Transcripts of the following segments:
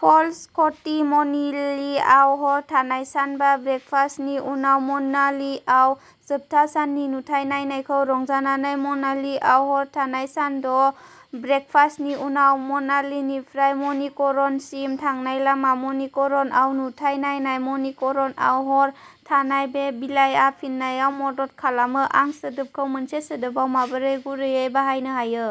Falls, क'थि। मनालीआव हर थानाय। सान बा ब्रेकफास्टनि उनाव मनालीआव जोबथा साननि नुथाय नायनायखौ रंजानानै। मनालीआव हर थानाय। सान द' ब्रेकफास्टनि उनाव मनालीनिफ्राय मणिकरणसिम थांनाय लामा। मणिकरणआव नुथाय नायनाय। मणिकरणआव हर थानाय। बे बिलाइआ फिननायाव मदद खालामोः आं सोदोबखौ मोनसे सोदोबआव माबोरै गुरैयै बाहायनो हायो?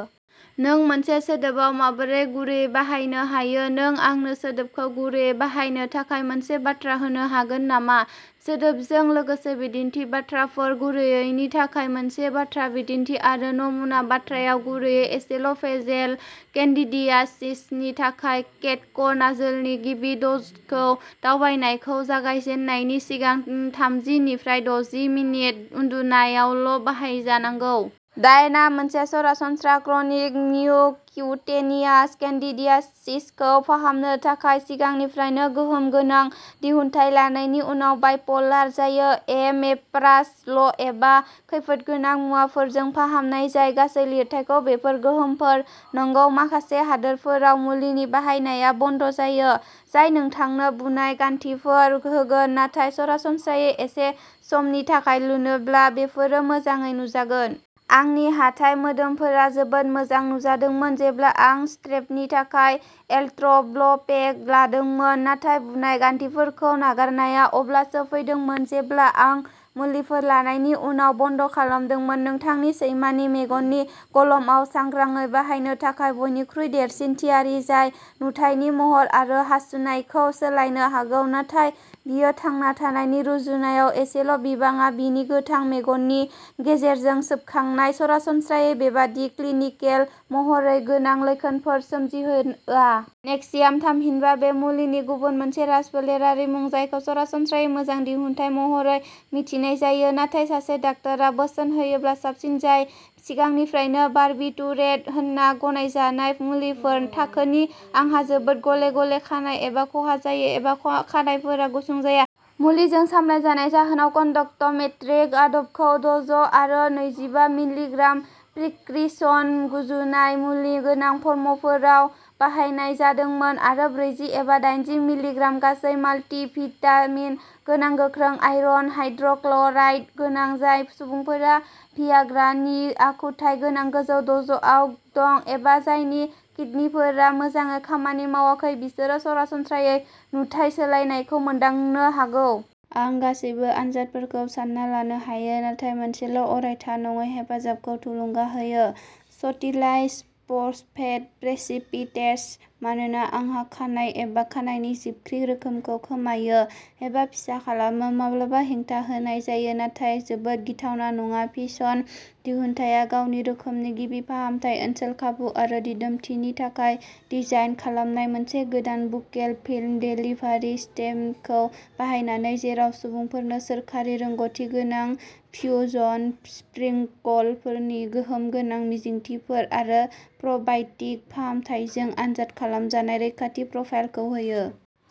नों मोनसे सोदोबआव माबोरै गुरैयै बाहायनो हायो? नों आंनो सोदोबखौ गुरैयै बाहायनो थाखाय मोनसे बाथ्रा होनो हागोन नामा? सोदोबजों लोगोसे बिदिन्थि बाथ्राफोर, गुरैयैनि थाखाय मोनसे बाथ्रा बिदिन्थि, आरो नमुना बाथ्राआव गुरैयै। इस'फेजेल केन्डिडियासिसनि थाखाय, केटक'नाजोलनि गिबि द'जखौ दावबायनायखौ जागायजेन्नायनि सिगां थामजि निफ्राय द'जि मिनिट उन्दुनायावल'बाहायजानांगौ। डायेनआ मोनसे सरासनस्रा क्रनिक म्युक'क्युटेनियास केन्डिडियासिसखौ फाहामनो थाखाय सिगांनिफ्रायनो गोहोम गोनां दिहुनथाय लानायनि उनाव बाइप'लार जायो। एस'मेप्राज'ल एबा खैफोदगोनां मुवाफोरजों फाहामनाय जाय गासै लिरथाइखौ बेफोर गोहोमफोर। नंगौ, माखासे हादोरफोराव मुलिनि बाहायनाया बन्द'जायो, जाय नोंथांनो बुनाय गान्थिफोर होगोन, नाथाय सरासनस्रायै एसे समनि थाखाय लुनोब्ला, बेफोरो मोजाङै नुजागोन। आंनि हाथाइ मोदोमफोरा जोबोद मोजां नुजादोंमोन जेब्ला आं स्ट्रेपनि थाखाय एलट्रम्ब'पेग लादोंमोन, नाथाय बुनाय गान्थिफोरखौ नागारनाया अब्लासो फैदोंमोन जेब्ला आं मुलिफोर लानायनि उनाव बन्द'खालामदोंमोन। नोंथांनि सैमानि मेगननि मलमआव सांग्राङै बाहायनो थाखाय बयनिख्रुइ देरसिन थियारि, जाय नुथायनि महर आरो हासुनायखौ सोलायनो हागौ, नाथाय बियो थांना थानायनि रुजुनायाव एसेल'बिबांआ बिनि गोथां मेगननि गेजेरजों सोबखांनाय, सरासनस्रायै बेबादि क्लिनिकेल महरै गोनां लैखोनफोर सोमजिहोआ। नेक्सियाम थामहिनबा बे मुलिनि गुबुन मोनसे राजफोलेरारि मुं, जायखौ सरासनस्रायै मोजां दिहुनथाय महरै मिथिनाय जायो, नाथाय सासे डाक्टारा बोसोन होयोब्ला साबसिन, जाय सिगांनिफ्रायनो बार्बिटुरेट होनना गनायजानाय मुलिफोरनि थाखोनि। आंहा जोबोद गले-गले खानाय एबा खहा जायो एबा खानाइफोरा गुसुं जाया। मुलिजों सामलायजानायनि जाहोनाव। कन्डक्ट'मेट्रिक आदबखौ द'ज आरो नैजिबा मिलिग्राम प्रिस्क्रिप्शन गुजुनाय मुलि गोनां फर्मफोराव बाहायनाय जादोंमोन आरो ब्रैजि एबा दाइनजि मिलिग्राम गासै माल्टिभिटामिन गोनां गोख्रों आयरन हाइड्र'क्लराइड गोनां। जाय सुबुंफोरा भियाग्रानि आखुथाय गोनां गोजौ द'जआव दं एबा जायनि किदनिफोरा मोजाङै खामानि मावाखै, बिसोरो सरासनस्रायै नुथाइ सोलायनायखौ मोनदांनो हागौ। आं गासैबो आनजादफोरखौ सानना लानो हायो, नाथाय मोनसेल'अरायथा नङै हेफाजाबखौ थुलुंगा होयो स'टिलाइज फस्फेट प्रेसिपिटेट्स मानोना आंहा खानाय एबा खानायनि जिबख्रि रोखोमखौ खोमायो एबा फिसा खालामो। माब्लाबा हेंथा होनाय जायो, नाथाय जोबोद गिथावना नङा, फिसन दिहुनथाया गावनि रोखोमनि गिबि फाहामथाय ओनसोल, खाबु आरो दिदोमथिनि थाखाय डिजाइन खालामनाय मोनसे गोदान बुकेल फिल्म देलिभारि सिस्टेमखौ बाहायनानै, जेराव सुबुंफोरनो सोरखारि रोंग'थि गोनां फ्युजन स्प्रिंकलफोरनि गोहोम गोनां मिजिंथिफोर आरो प्र'बाय'टिक फाहामथायजों आनजाद खालामजानाय रैखाथि प्रफाइलखौ होयो।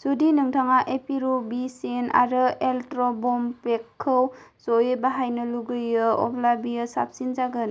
जुदि नोंथाङा एपिरुबिसिन आरो एलट्र'म्ब'पेगखौ ज'यै बाहायनो लुगैयो, अब्ला बेयो साबसिन जागोन।